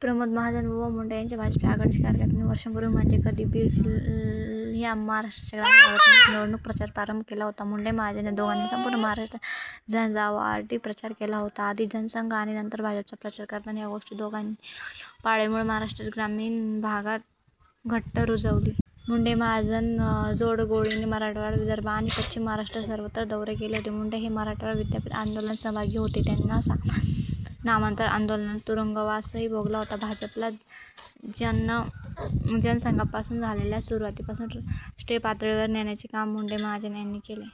प्रमोद महाजन व मुंडे या भाजपच्या आघाडीच्या कार्यकर्त्यांनी वर्षांपूर्वी म्हणजे कधी? बीड या महाराष्ट्राच्या ग्रामीण भागातूनच निवडणूक प्रचाराला प्रारंभ केला होता. मुंडे-महाजन या दोघांनी संपूर्ण महाराष्ट्रात झंझावाती प्रचार केला होता. आधी जनसंघ आणि नंतर भाजपचा प्रचार करताना या दोघांनी पक्षाची पाळेमुळे महाराष्ट्राच्या ग्रामीण भागात घट्ट रूजविली. मुंडे-महाजन जोडगोळीने मराठवाडा, विदर्भ आणि पश्चिम महाराष्ट्र सर्वत्र दौरे केले होते.। मुंडे हे मराठवाडा विद्यापीठ आंदोलनात सहभागी होते. त्यांनी नामांतर आंदोलनात तुरुंगवासही भोगला होता. भाजपला जनसंघापासून झालेल्या सुरुवातीपासून राष्ट्रीय पातळीवर नेण्याचे काम मुंडे-महाजन यांनी केले.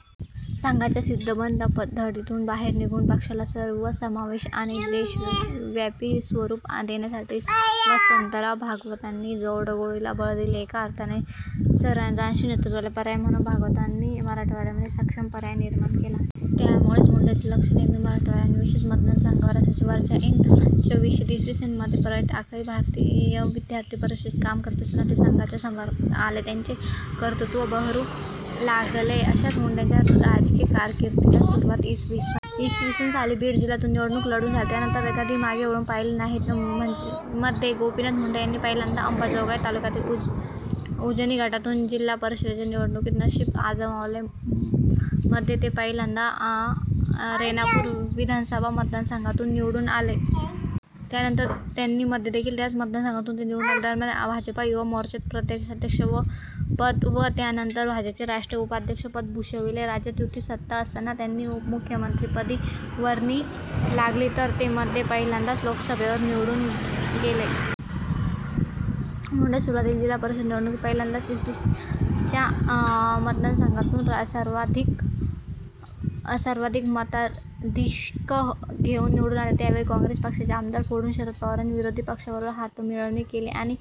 संघाच्या शिस्तबद्ध पठडीतून बाहेर निघून पक्षाला सर्वसमावेशक आणि देशव्यापी स्वरूप देण्यासाठी वसन्तराव भागवतांनी या जोडगोळीला बळ दिले. एका अर्थाने सरंजामी नेतृत्वाला पर्याय म्हणून भागवतांनी मराठवाड्यामध्ये एक सक्षम पर्याय निर्माण केला. सुरुवातीपासून मतदारसंघावर लक्ष ठेवावं असं प्रमोद महाजनांचं म्हणणं होतं. त्यामुळे मुंडेचे लक्ष नेहमीच मराठवाडा आणि विशेषतः मतदारसंघावर असायचे. वयाच्या ऐन पंचविशीत इ. स. मध्ये परळीत अखिल भारतीय विद्यार्थी परिषदेचे काम करीत असतानाच ते संघाच्या सम्पर्कात आले. त्यांचे कर्तृत्त्व बहरू लागले. अशातच मुंडेच्या राजकीय कारकिर्दीची सुरुवात इ. स. साली बीड जिल्ह्यातून निवडणूक लढवून झाली. त्यानंतर त्यांनी कधी मागे वळून पाहिले नाही. मध्ये गोपीनाथ मुंडे यांनी पहिल्यांदा अम्बाजोगाई तालुक्यातील उजनी गटातून जिल्हा परिषदेच्या निवडणुकीत नशीब आजमावले. मध्ये ते पहिल्यांदा रेणापूर विधानसभा मतदारसंघातून निवडून आले. त्यानंतर आणि मध्येदेखील याच मतदारसंघातून ते निवडून आले. ते दरम्यान भाजपा युवा मोर्चाचे प्रदेशाध्यक्षपद, व त्यानंतर भाजपाचे राष्ट्रीय उपाध्यक्ष पद भूषविले. राज्यात युतीची सत्ता असताना त्यांची उपमुख्यमंत्रिपदी वर्णी लागली. तर मध्ये ते पहिल्यांदा लोकसभेवर निवडून गेले. मुंडे सुरुवातीला जिल्हा परिषदेच्या निवडणुकीत पहिल्याच प्रयत्नात इ. स. च्या बीड जिल्हापरिषदेची निवडणुकीत ते रेणापूर मतदारसंघातून राज्यभरात सर्वाधिक मताधिक्य घेऊन निवडून आले. त्यावेळी काँग्रेस पक्षाचे आमदार फोडून शरद पवारांनी विरोधी पक्षाबरोबर हातमिळवणी केली आणि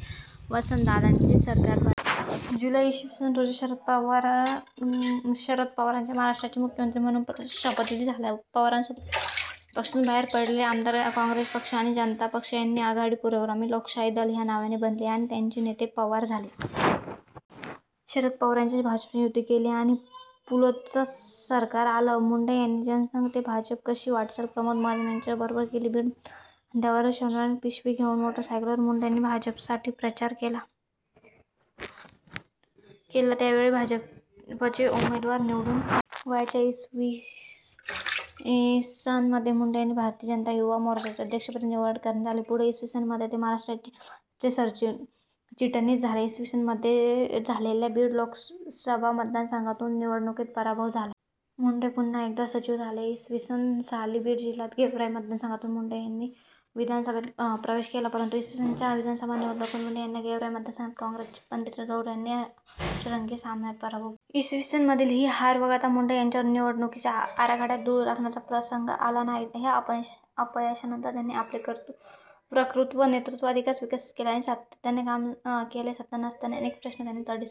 वसन्तदादांचे सरकार पडले. जुलै इ. स. रोजी शरद पवारांचा महाराष्ट्राचे मुख्यमंत्री म्हणून शपथविधी झाला. पवारांबरोबर काँग्रेस पक्षातून बाहेर पडलेले आमदार, काँग्रेस पक्ष आणि जनता पक्ष यांची आघाडी पुरोगामी लोकशाही दल या नावाने बनली आणि त्याचे नेते पवार झाले. शरद पवार यांच्याशी भाजपने युती केली आणि 'पुलोद'चं सरकार आलं. मुंडे यांनी जनसंघ ते भाजप अशी वाटचाल प्रमोद महाजन यांच्याबरोबर केली. बीड मतदारसंघात खांद्यावर शबनम पिशवी घेउन मोटरसायकलवरून मुंडेंनी भाजपसाठी प्रचार केला. त्यावेळी भाजपचे उमेदवार निवडून आले. वयाच्या व्या वर्षी इ. स. मध्ये मुंडे यांची भारतीय जनता युवा मोर्च्याच्या अध्यक्षपदी निवड करण्यात आली. पुढे इ. स. मध्ये ते महाराष्ट्र भाजपचे सरचिटणीस झाले. इ. स. मध्ये झालेल्या बीड लोकसभा मतदारसंघातून निवडणुकीत पराभव झाला. मुंडे पुन्हा एकदा सचिव झाले. इ. स. साली बीड जिल्ह्यातील गेवराई मतदारसंघातून मुंडे यांनी विधानसभेत प्रवेश केला. परंतु इ. स. च्या विधानसभा निवडणुकीमध्ये मुंडे यांना गेवराई मतदारसंघातच काँग्रेसचे पण्डितराव दौण्ड यांनी अष्टरंगी सामन्यात पराभूत केले. इ. स. मधील ही हार वगळता मुंडे यांच्यावर निवडणुकीच्या आखाड्यात धूळ खाण्याचा प्रसंग आला नाही. या अपयशानंतर त्यानी आपले वक्तृत्व, नेतृत्व अधिकच विकसित केले आणि सातत्याने काम केले. सत्ता नसतानाही अनेक प्रश्न त्यांनी तडीस नेले.